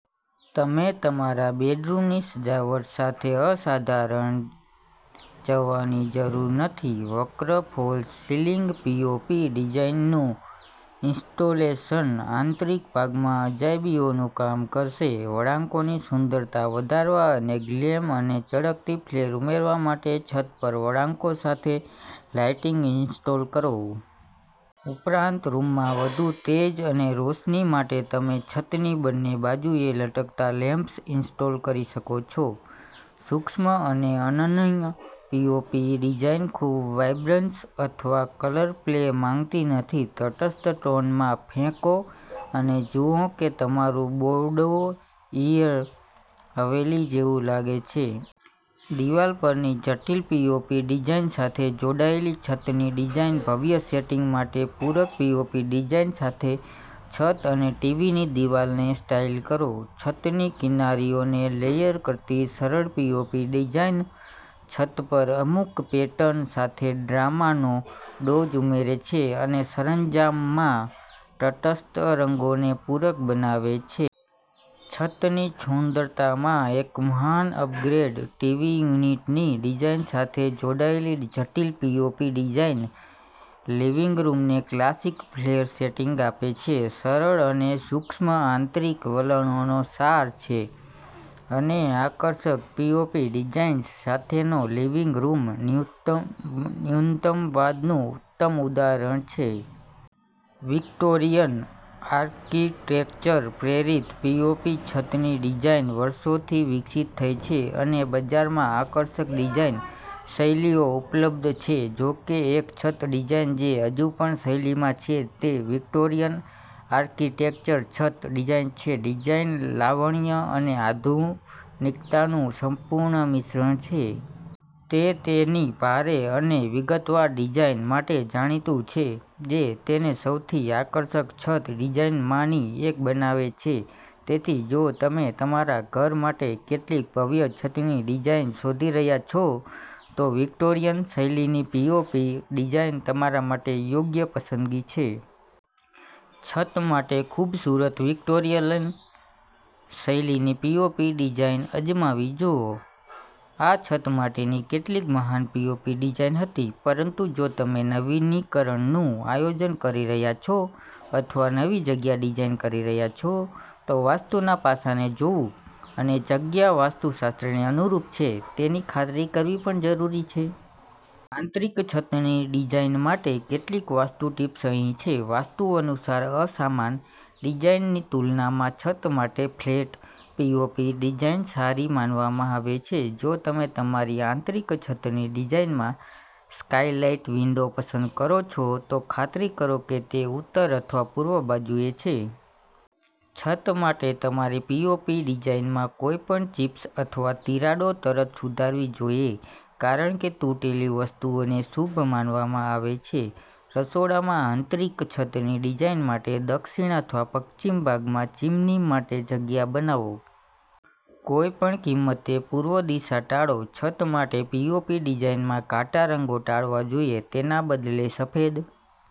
તમારે તમારા બેડરૂમની સજાવટ સાથે અસાધારણ જવાની જરૂર નથી. વક્ર ફોલ્સ સિલિંગ પીઓપી ડિઝાઇનનું ઇન્સ્ટોલેશન આંતરિક ભાગમાં અજાયબીઓનું કામ કરશે. વળાંકોની સુંદરતા વધારવા અને ગ્લેમ અને ચળકતી ફ્લેર ઉમેરવા માટે છત પર વળાંકો સાથે લાઇટિંગ ઇન્સ્ટોલ કરો. ઉપરાંત, રૂમમાં વધુ તેજ અને રોશની માટે તમે છતની બંને બાજુએ લટકતા લેમ્પ્સ ઇન્સ્ટોલ કરી શકો છો. સૂક્ષ્મ અને અનન્ય પીઓપી ડિઝાઇન ખૂબ વાઇબ્રન્સ અથવા કલર પ્લે માંગતી નથી. તટસ્થ ટોનમાં ફેંકો અને જુઓ કે તમારું બૌડોઇર હવેલી જેવું લાગે છે. દિવાલ પરની જટિલ પીઓપી ડિઝાઇન સાથે જોડાયેલી છતની ડિઝાઇન ભવ્ય સેટિંગ માટે પૂરક પીઓપી ડિઝાઇન સાથે છત અને ટીવીની દિવાલને સ્ટાઇલ કરો. છતની કિનારીઓને લેયર કરતી સરળ પીઓપી ડિઝાઇન છત પર અમુક પેટર્ન સાથે ડ્રામાનો ડોઝ ઉમેરે છે અને સરંજામમાં તટસ્થ રંગોને પૂરક બનાવે છે. છતની સુંદરતામાં એક મહાન અપગ્રેડ, ટીવી યુનિટની ડિઝાઇન સાથે જોડાયેલી જટિલ પીઓપી ડિઝાઇન લિવિંગ રૂમને ક્લાસિક ફ્લેર સેટિંગ આપે છે. સરળ અને સૂક્ષ્મ આંતરિક વલણોનો સાર છે, અને આકર્ષક પીઓપી ડિઝાઇન્સ સાથેનો લિવિંગ રૂમ ન્યૂનતમવાદનું ઉત્તમ ઉદાહરણ છે. વિક્ટોરિયન આર્કિટેક્ચર-પ્રેરિત પીઓપી છતની ડિઝાઇન વર્ષોથી વિકસિત થઈ છે અને બજારમાં આકર્ષક ડિઝાઇન શૈલીઓ ઉપલબ્ધ છે. જો કે, એક છત ડિઝાઇન જે હજુ પણ શૈલીમાં છે તે વિક્ટોરિયન આર્કિટેક્ચર છત ડિઝાઇન છે. ડિઝાઇન લાવણ્ય અને આધુનિકતાનું સંપૂર્ણ મિશ્રણ છે. તે તેની ભારે અને વિગતવાર ડિઝાઇન માટે જાણીતું છે, જે તેને સૌથી આકર્ષક છત ડિઝાઇનમાંની એક બનાવે છે. તેથી જો તમે તમારા ઘર માટે કેટલીક ભવ્ય છતની ડિઝાઇન શોધી રહ્યા છો, તો વિક્ટોરિયન શૈલીની પીઓપી ડિઝાઇન તમારા માટે યોગ્ય પસંદગી છે. છત માટે ખૂબસૂરત વિક્ટોરિયન શૈલીની પીઓપી ડિઝાઇન અજમાવી જુઓ. આ છત માટેની કેટલીક મહાન પીઓપી ડિઝાઇન હતી. પરંતુ જો તમે નવીનીકરણનું આયોજન કરી રહ્યા છો અથવા નવી જગ્યા ડિઝાઇન કરી રહ્યા છો, તો વાસ્તુના પાસાને જોવું અને જગ્યા વાસ્તુશાસ્ત્રને અનુરૂપ છે તેની ખાતરી કરવી પણ જરૂરી છે. આંતરિક છતની ડિઝાઇન માટે કેટલીક વાસ્તુ ટીપ્સ અહીં છે. વાસ્તુ અનુસાર અસમાન ડિઝાઇનની તુલનામાં છત માટે ફ્લેટ પીઓપી ડિઝાઇન સારી માનવામાં આવે છે. જો તમે તમારી આંતરિક છતની ડિઝાઇનમાં સ્કાઇલાઇટ વિન્ડો પસંદ કરો છો, તો ખાતરી કરો કે તે ઉત્તર અથવા પૂર્વ બાજુએ છે. છત માટે તમારી પીઓપી ડિઝાઇનમાં કોઈપણ ચિપ્સ અથવા તિરાડો તરત સુધારવી જોઈએ, કારણ કે તૂટેલી વસ્તુઓને શુભ માનવામાં આવે છે. રસોડામાં આંતરિક છતની ડિઝાઇન માટે, દક્ષિણ અથવા પશ્ચિમ ભાગમાં ચીમની માટે જગ્યા બનાવો. કોઈપણ કિંમતે પૂર્વ દિશા ટાળો. છત માટે પીઓપી ડિઝાઇનમાં ઘાટા રંગો ટાળવા જોઈએ, તેના બદલે, સફેદ